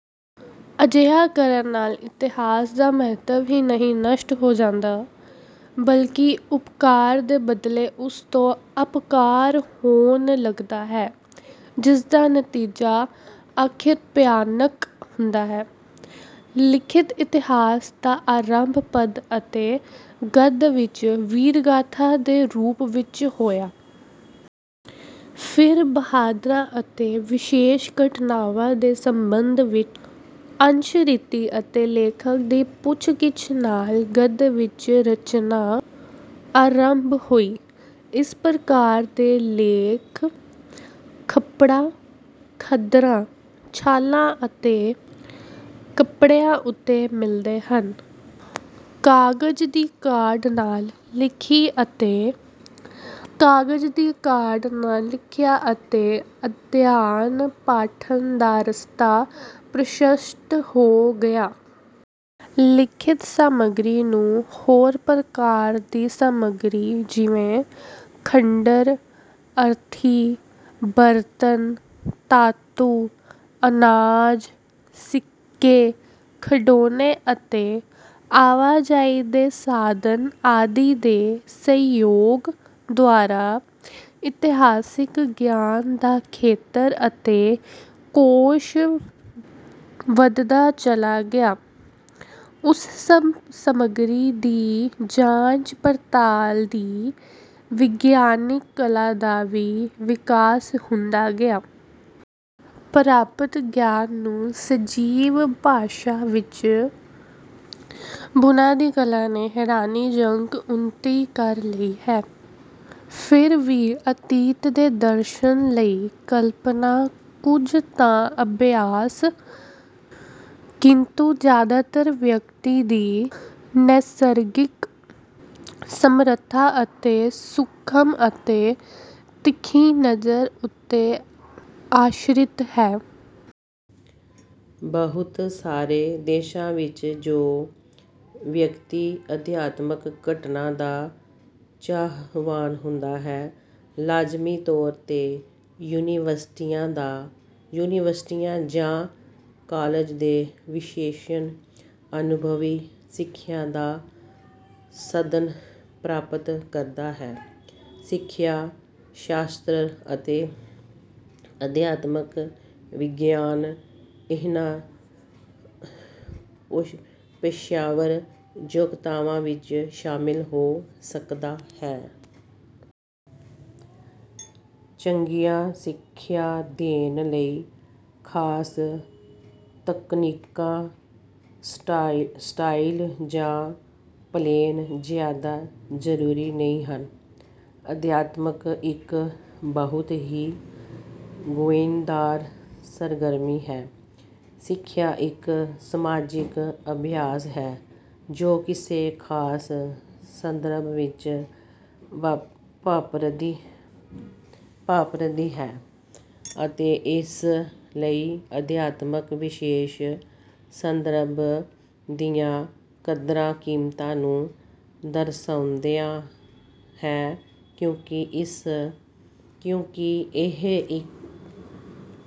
ਅਜਿਹਾ ਕਰਨ ਨਾਲ ਇਤਿਹਾਸ ਦਾ ਮਹੱਤਵ ਹੀ ਨਹੀਂ ਨਸ਼ਟ ਹੋ ਜਾਂਦਾ, ਬਲਕਿ ਉਪਕਾਰ ਦੇ ਬਦਲੇ ਉਸ ਤੋਂ ਅਪਕਾਰ ਹੋਣ ਲੱਗਦਾ ਹੈ ਜਿਸਦਾ ਨਤੀਜਾ ਅਖੀਰ ਭਿਆਨਕ ਹੁੰਦਾ ਹੈ। ਲਿਖਤੀ ਇਤਿਹਾਸ ਦਾ ਆਰੰਭ ਪਦ ਅਤੇ ਗਦ ਵਿੱਚ ਵੀਰਗਾਥਾ ਦੇ ਰੂਪ ਵਿੱਚ ਹੋਇਆ। ਫਿਰ ਬਹਾਦਰਾਂ ਅਤੇ ਵਿਸ਼ੇਸ਼ ਘਟਨਾਵਾਂ ਦੇ ਸੰਬੰਧ ਵਿੱਚ ਅਨੁਸ਼ਰੁਤੀ ਅਤੇ ਲੇਖਕ ਦੀ ਪੁੱਛਗਿਛ ਨਾਲ ਗਦ ਵਿੱਚ ਰਚਨਾ ਅਰੰਭ ਹੋਈ। ਇਸ ਪ੍ਰਕਾਰ ਦੇ ਲੇਖ ਖਪੜਾਂ, ਪੱਥਰਾਂ, ਛਾਲਾਂ ਅਤੇ ਕੱਪੜਿਆਂ ਉੱਤੇ ਮਿਲਦੇ ਹਨ। ਕਾਗਜ ਦੀ ਕਾਢ ਨਾਲ ਲਿਖਾਈ ਅਤੇ ਅਧਿਅਨ ਪਾਠਨ ਦਾ ਰਸਤਾ ਪ੍ਰਸ਼ਸਤ ਹੋ ਗਿਆ। ਲਿਖਤੀ ਸਾਮਗਰੀ ਨੂੰ ਹੋਰ ਪ੍ਰਕਾਰ ਦੀ ਸਾਮਗਰੀ ਜਿਵੇਂ ਖੰਡਰ, ਅਰਥੀ, ਬਰਤਨ, ਧਾਤੂ, ਅਨਾਜ, ਸਿੱਕੇ, ਖਿਡੌਣੇ ਅਤੇ ਆਵਾਜਾਈ ਦੇ ਸਾਧਨਾਂ ਆਦਿ ਦੇ ਸਹਿਯੋਗ ਦੁਆਰਾ ਇਤਿਹਾਸਿਕ ਗਿਆਨ ਦਾ ਖੇਤਰ ਅਤੇ ਕੋਸ਼ ਵਧਦਾ ਚਲਾ ਗਿਆ। ਉਸ ਸਭ ਸਾਮਗਰੀ ਦੀ ਜਾਂਚ ਪੜਤਾਲ ਦੀ ਵਿਗਿਆਨਕ ਕਲਾ ਦਾ ਵੀ ਵਿਕਾਸ ਹੁੰਦਾ ਗਿਆ। ਪ੍ਰਾਪਤ ਗਿਆਨ ਨੂੰ ਸਜੀਵ ਭਾਸ਼ਾ ਵਿੱਚ ਬੁਣਨ ਦੀ ਕਲਾ ਨੇ ਹੈਰਾਨੀਜਨਕ ਉੱਨਤੀ ਕਰ ਲਈ ਹੈ, ਫਿਰ ਵੀ ਅਤੀਤ ਦੇ ਦਰਸ਼ਨ ਲਈ ਕਲਪਨਾ ਕੁੱਝ ਤਾਂ ਅਭਿਆਸ, ਕਿੰਤੂ ਜਿਆਦਾਤਰ ਵਿਅਕਤੀ ਦੀ ਨੈਸਰਗਿਕ ਸਮਰੱਥਾ ਅਤੇ ਸੂਖਮ ਅਤੇ ਤਿੱਖੀ ਨਜ਼ਰ ਉੱਤੇ ਆਸ਼ਰਿਤ ਹੈ। ਬਹੁਤ ਸਾਰੇ ਦੇਸ਼ਾਂ ਵਿੱਚ ਜੋ ਵਿਅਕਤੀ ਅਧਿਆਪਕ ਬਣਨ ਦਾ ਚਾਹਵਾਨ ਹੁੰਦਾ ਹੈ, ਲਾਜ਼ਮੀ ਤੌਰ ਤੇ ਯੂਨੀਵਰਸਿਟੀ ਜਾਂ ਕਾਲਜ ਤੋਂ ਵਿਸ਼ੇਸ਼ ਅਨੁਭਵੀ ਸਿੱਖਿਆ ਜਾਂ ਸਨਦ ਪ੍ਰਾਪਤ ਕਰਦਾ ਹੈ। ਸਿੱਖਿਆ ਸ਼ਾਸਤਰ ਅਤੇ ਅਧਿਆਪਨ ਵਿਗਿਆਨ ਇਹਨਾ ਪੇਸ਼ੇਵਰ ਯੋਗਤਾਵਾਂ ਵਿੱਚ ਸ਼ਾਮਿਲ ਹੋ ਸਕਦਾ ਹੈ। ਚੰਗੀ ਸਿੱਖਿਆ ਦੇਣ ਲਈ ਖ਼ਾਸ ਤਕਨੀਕਾਂ, ਸਟਾਈਲ ਜਾਂ ਪਲੈਨ ਜ਼ਿਆਦਾ ਜ਼ਰੂਰੀ ਨਹੀਂ ਹਨ। ਅਧਿਆਪਨ ਇੱਕ ਬਹੁਤ ਹੀ ਗੁੰਝਲਦਾਰ ਸਰਗਰਮੀ ਹੈ। ਸਿੱਖਿਆ ਇਕ ਸਮਾਜਿਕ ਅਭਿਆਸ ਹੈ, ਜੋ ਕਿਸੇ ਖਾਸ ਸੰਦਰਭ ਵਿੱਚ ਵਾਪਰਦੀ ਹੈ ਅਤੇ ਇਸ ਲਈ ਅਧਿਆਪਨ ਵਿਸ਼ੇਸ਼ ਸੰਦਰਭ ਦੀਆਂ ਕਦਰਾਂ-ਕੀਮਤਾਂ ਨੂੰ ਦਰਸਾਉਂਦਾ ਹੈ ਕਿਉਂਕਿ ਇਹ ਇਸ ਅਭਿਆਸ ਦਾ ਇੱਕ ਹਿੱਸਾ ਹੈ।